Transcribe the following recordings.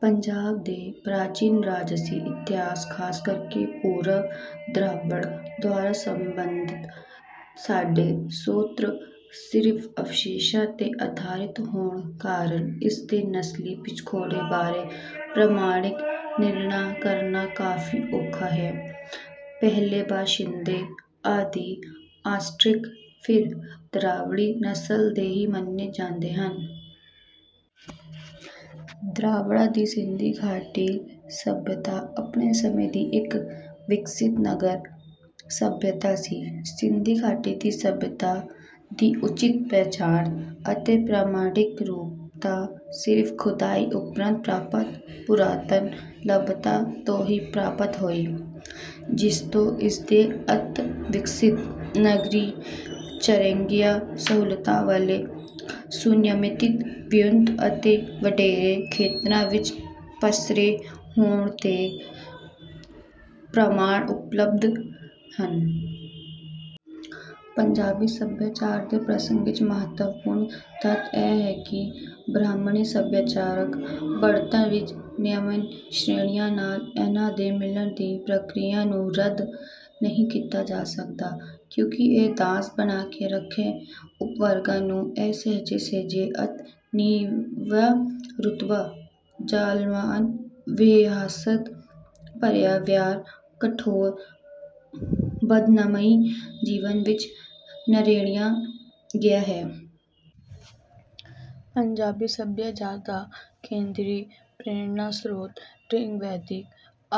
ਪੰਜਾਬ ਦੇ ਪ੍ਰਾਚੀਨ ਰਾਜਸੀ ਇਤਿਹਾਸ, ਖਾਸਕਰ ਪੂਰਵ-ਦਰਾਵੜ ਦੌਰ ਸੰਬੰਧੀ ਸਾਡੇ ਸ੍ਰੋਤ ਸਿਰਫ ਅਵਸ਼ੇਸ਼ਾਂ ਤੇ ਆਧਾਰਿਤ ਹੋਣ ਕਾਰਨ, ਇਸਦੇ ਨਸਲੀ ਪਿਛੋਕੜ ਬਾਰੇ ਪ੍ਰਮਾਣਿਕ ਨਿਰਣਾ ਕਰਨਾ ਕਾਫ਼ੀ ਔਖਾ ਹੈ। ਪਹਿਲੇ ਬਾਸ਼ਿੰਦੇ ਆਦਿ, ਆਸਟਰਿਕ, ਫਿਰ ਦਰਾਵੜੀ ਨਸਲ ਦੇ ਹੀ ਮੰਨੇ ਜਾਂਦੇ ਹਨ। ਦਰਾਵੜਾਂ ਦੀ ਸਿੰਧ ਘਾਟੀ ਸਭਿਅਤਾ ਆਪਣੇ ਸਮੇਂ ਦੀ ਇੱਕ ਵਿਕਸਿਤ ਨਗਰ ਸਭਿਅਤਾ ਸੀ। ਸਿੰਧ ਘਾਟੀ ਦੀ ਸਭਿਅਤਾ ਦੀ ਉਚਿਤ ਪਛਾਣ ਅਤੇ ਪ੍ਰਮਾਣਿਕ ਰੂਪ ਤਾਂ ਸਿਰਫ ਖੁਦਾਈ ਉਪਰੰਤ ਪ੍ਰਾਪਤ ਪੁਰਾਤਨ ਲੱਭਤਾਂ ਤੋਂ ਹੀ ਪ੍ਰਾਪਤ ਹੋਈ ਹੈ, ਜਿਸਤੋਂ ਇਸਦੇ ਅਤਿ-ਵਿਕਸਿਤ ਨਗਰੀ, ਚੰਗੇਰੀਆਂ ਸਹੂਲਤਾਂ ਵਾਲੇ, ਸੁਨਿਯਮਿਤ ਵਿਉਂਤ ਅਤੇ ਵਡੇਰੇ ਖੇਤਰਾਂ ਵਿੱਚ ਪਸਰੇ ਹੋਣ ਦੇ ਪ੍ਰਮਾਣ ਉਪਲਬਧ ਹਨ। ਪੰਜਾਬੀ ਸਭਿਆਚਾਰ ਦੇ ਪ੍ਰਸੰਗ ਵਿੱਚ ਮਹੱਤਵਪੂਰਨ ਤੱਥ ਇਹ ਹੈ ਕਿ ਬ੍ਰਾਹਮਣੀ ਸਭਿਆਚਾਰਕ ਬਣਤਰ ਵਿੱਚ ਨਿਮਨ ਸ਼੍ਰੇਣੀਆਂ ਨਾਲ ਇਹਨਾਂ ਦੇ ਮਿਲਣ ਦੀ ਪ੍ਰਕਿਰਿਆ ਨੂੰ ਰੱਦ ਨਹੀਂ ਕੀਤਾ ਜਾ ਸਕਦਾ, ਕਿਉਂਕਿ ਇਹ ਦਾਸ ਬਣਾ ਕੇ ਰੱਖੇ ਉਪਵਰਗਾਂ ਨੂੰ ਹੀ ਸਹਿਜੇ-ਸਹਿਜੇ ਅਤਿ ਨੀਵਾਂ ਰੁਤਬਾ, ਜ਼ਾਲਮਾਨਾ ਵਹਿਸ਼ਤ ਭਰਿਆ ਵਿਹਾਰ, ਕਠੋਰ ਬੰਧਨਮਈ ਜੀਵਨ ਵਿੱਚ ਨਰੜਿਆ ਗਿਆ ਹੈ। ਪੰਜਾਬੀ ਸਭਿਆਚਾਰ ਦਾ ਕੇਂਦਰੀ ਪ੍ਰੇਰਣਾ-ਸਰੋਤ ਰਿਗਵੈਦਿਕ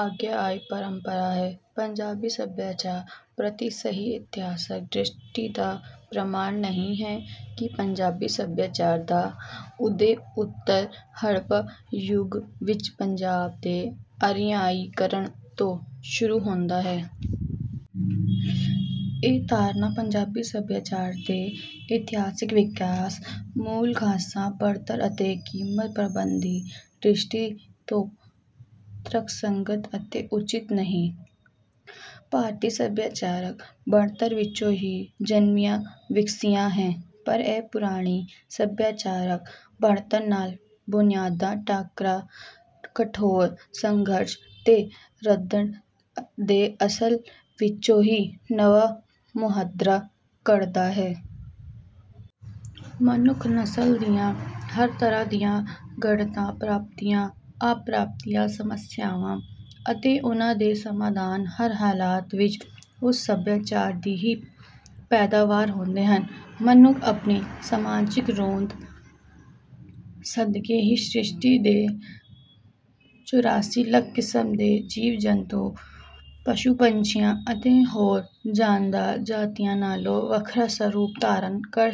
ਆਰਿਆਈ ਪਰੰਪਰਾ ਹੈ। ਪੰਜਾਬੀ ਸਭਿਆਚਾਰ ਪ੍ਰਤੀ ਸਹੀ ਇਤਿਹਾਸਕ ਦ੍ਰਿਸ਼ਟੀ ਦਾ ਪ੍ਰਮਾਣ ਨਹੀਂ ਹੈ ਕਿ ਪੰਜਾਬੀ ਸਭਿਆਚਾਰ ਦਾ ਉਦੈ ਉੱਤਰ-ਹੜੱਪਾ ਯੁਗ ਵਿੱਚ ਪੰਜਾਬ ਦੇ ਆਰਿਆਈਕਰਣ ਤੋਂ ਸ਼ੁਰੂ ਹੁੰਦਾ। ਇਹ ਧਾਰਨਾ ਪੰਜਾਬੀ ਸਭਿਆਚਾਰ ਦੇ ਇਤਿਹਾਸਕ ਵਿਕਾਸ, ਮੂਲ-ਖਾਸੇ, ਬਣਤਰ ਅਤੇ ਕੀਮਤ-ਪ੍ਰਬੰਧ ਦੀ ਦ੍ਰਿਸ਼ਟੀ ਤੋਂ ਤਰਕਸੰਗਤ ਅਤੇ ਉਚਿਤ ਨਹੀਂ। ਭਾਰਤੀ ਸਭਿਆਚਾਰਕ ਬਣਤਰ ਵਿੱਚੋਂ ਹੀ ਜਨਮਿਆਂ-ਵਿਕਸਿਆ ਹੈ, ਪਰ ਇਹ ਪੁਰਾਣੀ ਸਭਿਆਚਾਰਕ ਬਣਤਰ ਨਾਲ ਬੁਨਿਆਦੀ ਟਾਕਰਾ, ਕਠੋਰ ਸੰਘਰਸ਼ ਤੇ ਰੱਦਣ ਦੇ ਅਮਲ ਵਿੱਚੋਂ ਹੀ ਨਵਾਂ ਮੁਹਾਂਦਰਾ ਘੜਦਾ ਹੈ। ਮਨੁੱਖ ਨਸਲ ਦੀਆਂ ਹਰ ਤਰ੍ਹਾਂ ਦੀਆਂ ਘਾੜਤਾਂ, ਪ੍ਰਾਪਤੀਆਂ, ਅਪ੍ਰਾਪਤੀਆਂ, ਸਮੱਸਿਆਵਾਂ ਅਤੇ ਉਨ੍ਹਾਂ ਦੇ ਸਮਾਧਾਨ ਹਰ ਹਾਲਤ ਵਿੱਚ ਉਸ ਸਭਿਆਚਾਰ ਦੀ ਹੀ ਪੈਦਾਵਾਰ ਹੁੰਦੇ ਹਨ। ਮਨੁੱਖ ਆਪਣੀ ਸਮਾਜਿਕ ਹੋਂਦ ਸਦਕੇ ਹੀ ਸ੍ਰਿਸ਼ਟੀ ਦੇ ਚੁਰਾਸੀ ਲੱਖ ਕਿਸਮ ਦੇ ਜੀਵ-ਜੰਤੂਆਂ, ਪਸ਼ੂ-ਪੰਛੀਆਂ ਅਤੇ ਹੋਰ ਜਾਨਦਾਰ ਜਾਤੀਆਂ ਨਾਲੋਂ ਵੱਖਰਾ ਸਰੂਪ ਧਾਰਨ ਕਰ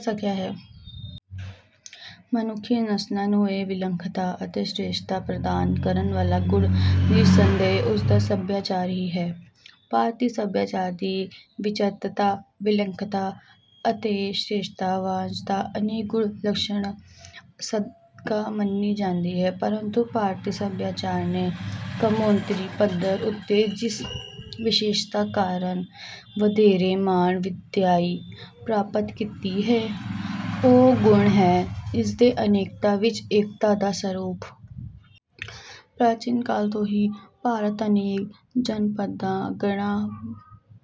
ਸਕਿਆ ਹੈ। ਮਨੁੱਖੀ ਨਸਲ ਨੂੰ ਇਹ 'ਵਿਲੱਖਣਤਾ' ਅਤੇ 'ਸ਼੍ਰੇਸ਼ਟਤਾ' ਪ੍ਰਦਾਨ ਕਰਨ ਵਾਲਾ ਗੁਣ ਨਿਰਸੰਦੇਹ ਉਸਦਾ ਸਭਿਆਚਾਰ ਹੀ ਹੈ। ਭਾਰਤੀ ਸਭਿਆਚਾਰ ਦੀ 'ਵਿਚਿੱਤਰਤਾ', 'ਵਿਲੱਖਣਤਾ' ਅਤੇ 'ਸ਼੍ਰੇਸ਼ਟਤਾ' ਵਾਂਜ ਤਾਂ ਅਨੇਕਾਂ ਗੁਣ-ਲੱਛਣਾਂ ਸਦਕਾ ਮੰਨੀ ਜਾਂਦੀ ਹੈ, ਪਰੰਤੂ ਭਾਰਤੀ ਸਭਿਆਚਾਰ ਨੇ ਕੌਮਾਂਤਰੀ ਪੱਧਰ ਉੱਤੇ ਜਿਸ ਵਿਸ਼ੇਸ਼ਤਾ ਕਾਰਨ ਵਧੇਰੇ ਮਾਣ-ਵਡਿਆਈ ਪ੍ਰਾਪਤ ਕੀਤੀ ਹੈ, ਉਹ ਗੁਣ ਹੈ ਇਸਦਾ 'ਅਨੇਕਤਾ' ਵਿੱਚ 'ਏਕਤਾ' ਦਾ ਸਰੂਪ। ਪ੍ਰਾਚੀਨ ਕਾਲ ਤੋਂ ਹੀ ਭਾਰਤ ਅਨੇਕ 'ਜਨਪਦਾਂ', ਗਣਾਂ,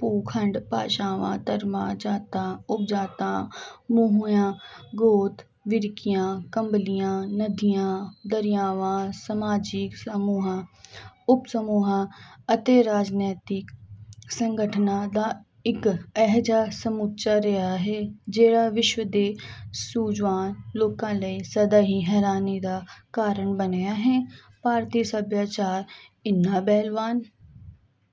ਭੂ-ਖੰਡਾਂ, ਭਾਸ਼ਾਵਾਂ, ਧਰਮਾਂ, ਜਾਤਾਂ, ਉਪਜਾਤਾਂ, ਮੂੰਹੀਆਂ, ਗੋਤਾਂ, ਫ਼ਿਰਕਿਆਂ, ਕਬੀਲਿਆਂ, ਨਦੀਆਂ, ਦਰਿਆਵਾਂ, ਸਮਾਜਿਕ ਸਮੂਹਾਂ, ਉਪ-ਸਮੂਹਾਂ ਅਤੇ ਰਾਜਨੀਤਕ ਸੰਗਠਨਾਂ ਦਾ ਇੱਕ ਅਜਿਹਾ ਸਮੁੱਚਾ ਰਿਹਾ ਹੈ, ਜਿਹੜਾ ਵਿਸ਼ਵ ਦੇ ਸੂਝਵਾਨ ਲੋਕਾਂ ਲਈ ਸਦਾ ਹੀ ਹੈਰਾਨੀ ਦਾ ਕਾਰਨ ਬਣਿਆ ਹੈ। ਭਾਰਤੀ ਸਭਿਆਚਾਰ ਇੰਨਾ ਬਲਵਾਨ